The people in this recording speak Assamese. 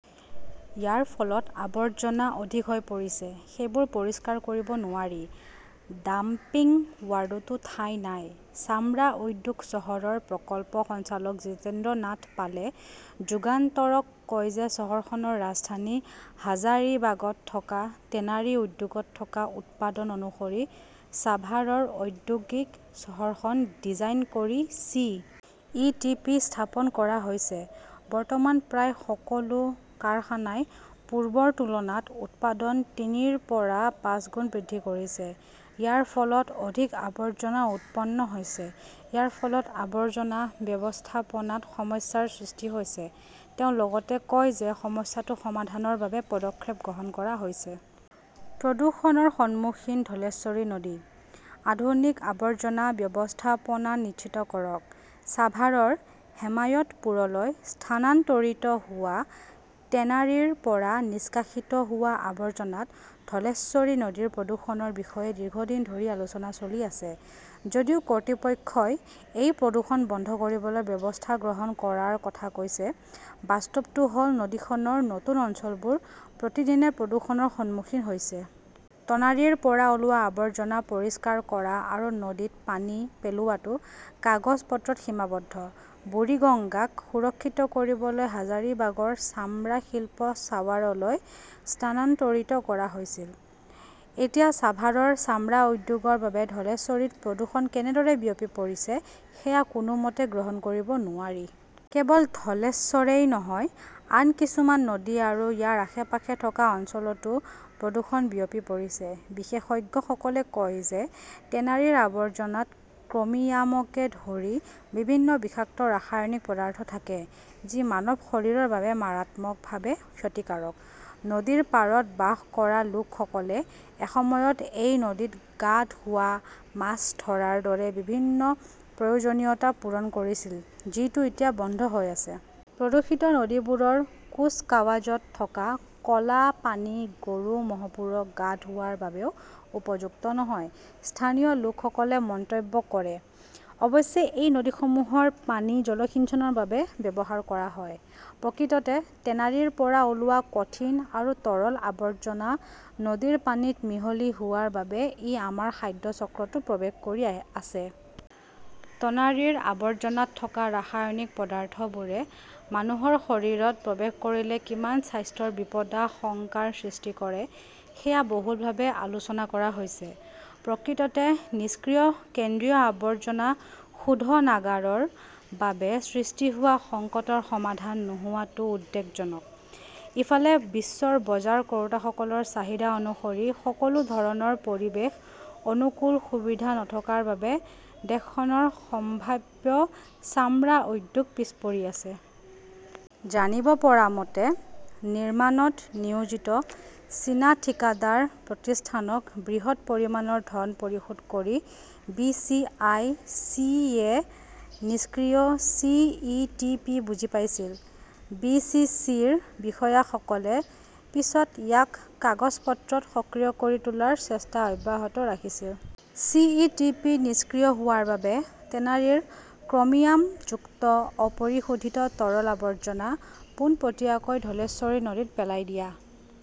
ইয়াৰ ফলত আৱৰ্জনা অধিক হৈ পৰিছে। সেইবোৰ পৰিষ্কাৰ কৰিব নোৱাৰি। ডাম্পিং ৱাৰ্ডতো ঠাই নাই। চামৰা উদ্যোগ চহৰৰ প্ৰকল্প সঞ্চালক জিতেন্দ্ৰ নাথ পালে যুগান্তৰক কয় যে চহৰখনৰ ৰাজধানী হাজাৰিবাগত থকা টেনাৰী উদ্যোগত থকা উৎপাদন অনুসৰি ছাভাৰৰ ঔদ্যোগিক চহৰখন ডিজাইন কৰি চি. ই. টি. পি. স্থাপন কৰা হৈছে। বৰ্তমান প্ৰায় সকলো কাৰখানাই পূৰ্বৰ তুলনাত উৎপাদন তিনিৰ পৰা পাঁচগুণ বৃদ্ধি কৰিছে। ইয়াৰ ফলত অধিক আৱৰ্জনা উৎপন্ন হৈছে। ইয়াৰ ফলত আৱৰ্জনা ব্যৱস্থাপনাত সমস্যাৰ সৃষ্টি হৈছে। তেওঁ লগতে কয় যে সমস্যাটো সমাধানৰ বাবে পদক্ষেপ গ্ৰহণ কৰা হৈছে। প্ৰদূষণৰ সন্মুখীন ধলেশ্বৰী নদী ।আধুনিক আৱৰ্জনা ব্যৱস্থাপনা নিশ্চিত কৰক। ছাভাৰৰ হেমায়তপুৰলৈ স্থানান্তৰিত হোৱা টেনাৰীৰ পৰা নিষ্কাশিত হোৱা আৱৰ্জনাত ধলেশ্বৰী নদীৰ প্ৰদূষণৰ বিষয়ে দীৰ্ঘদিন ধৰি আলোচনা চলি আছে। যদিও কৰ্তৃপক্ষই এই প্ৰদূষণ বন্ধ কৰিবলৈ ব্যৱস্থা গ্ৰহণ কৰাৰ কথা কৈছে, বাস্তৱটো হ'ল নদীখনৰ নতুন অঞ্চলবোৰ প্ৰতিদিনে প্ৰদূষণৰ সন্মুখীন হৈছে। টনাৰীৰ পৰা ওলোৱা আৱৰ্জনা পৰিষ্কাৰ কৰা আৰু নদীত পানী পেলোৱাটো কাগজ-পত্ৰত সীমাবদ্ধ। বুৰিগঙ্গাক সুৰক্ষিত কৰিবলৈ হাজাৰিবাগৰ চামৰা শিল্প সাৱাৰলৈ স্থানান্তৰিত কৰা হৈছিল। এতিয়া ছাভাৰৰ চামৰা উদ্যোগৰ বাবে ধলেশ্বৰীত প্ৰদূষণ কেনেদৰে বিয়পি পৰিছে সেয়া কোনোমতে গ্ৰহণ কৰিব নোৱাৰি। কেৱল ধলেশ্বৰেই নহয়, আন কিছুমান নদী আৰু ইয়াৰ আশে-পাশে থকা অঞ্চলতো প্ৰদূষণ বিয়পি পৰিছে। বিশেষজ্ঞসকলে কয় যে টেনাৰীৰ আৱৰ্জনাত ক্ৰমিয়ামকে ধৰি বিভিন্ন বিষাক্ত ৰাসায়নিক পদাৰ্থ থাকে, যি মানৱ শৰীৰৰ বাবে মাৰাত্মকভাৱে ক্ষতিকাৰক। নদীৰ পাৰত বাস কৰা লোকসকলে এসময়ত এই নদীত গা ধোৱা, মাছ ধৰাৰ দৰে বিভিন্ন প্ৰয়োজনীয়তা পূৰণ কৰিছিল, যিটো এতিয়া বন্ধ হৈ আছে। প্ৰদূষিত নদীবোৰৰ কুচকাৱাজত থকা ক'লা পানী গৰু, ম'হবোৰক গা ধোৱাৰ বাবেও উপযুক্ত নহয়, স্থানীয় লোকসকলে মন্তব্য কৰে। অৱশ্যে এই নদীসমূহৰ পানী জলসিঞ্চনৰ বাবে ব্যৱহাৰ কৰা হয়। প্ৰকৃততে টেনাৰীৰ পৰা ওলোৱা কঠিন আৰু তৰল আৱৰ্জনা নদীৰ পানীত মিহলি হোৱাৰ বাবে ই আমাৰ খাদ্য চক্ৰতো প্ৰৱেশ কৰি আছে। টনাৰীৰ আৱৰ্জনাত থকা ৰাসায়নিক পদাৰ্থবোৰে মানুহৰ শৰীৰত প্ৰৱেশ কৰিলে কিমান স্বাস্থ্যৰ বিপদাশংকাৰ সৃষ্টি কৰে সেয়া বহুলভাৱে আলোচনা কৰা হৈছে। প্ৰকৃততে নিষ্ক্ৰিয় কেন্দ্ৰীয় আৱৰ্জনা শোধনাগাৰ ৰ বাবে সৃষ্টি হোৱা সংকটৰ সমাধান নোহোৱাটো উদ্বেগজনক। ইফালে বিশ্বৰ বজাৰ কৰোঁতাসকলৰ চাহিদা অনুসৰি সকলো ধৰণৰ পৰিৱেশ অনুকূল সুবিধা নথকাৰ বাবে দেশখনৰ সম্ভাৱ্য চামৰা উদ্যোগ পিছ পৰি আছে। জানিব পৰা মতে, নিৰ্মাণত নিয়োজিত চীনা ঠিকাদাৰ প্ৰতিষ্ঠানক বৃহৎ পৰিমাণৰ ধন পৰিশোধ কৰি বি. চি. আই. চি.য়ে নিষ্ক্ৰিয় চি. ই. টি. পি. বুজি পাইছিল। বি. চি. চি. ৰ বিষয়াসকলে পিছত ইয়াক কাগজ পত্ৰত সক্ৰিয় কৰি তোলাৰ চেষ্টা অব্যাহত ৰাখিছিল। চি. ই. টি. পি. নিষ্ক্ৰিয় হোৱাৰ বাবে টেনাৰীৰ ক্ৰমিয়ামযুক্ত অপৰিশোধিত তৰল আৱৰ্জনা পোনপটীয়াকৈ ধলেশ্বৰী নদীত পেলাই দিয়া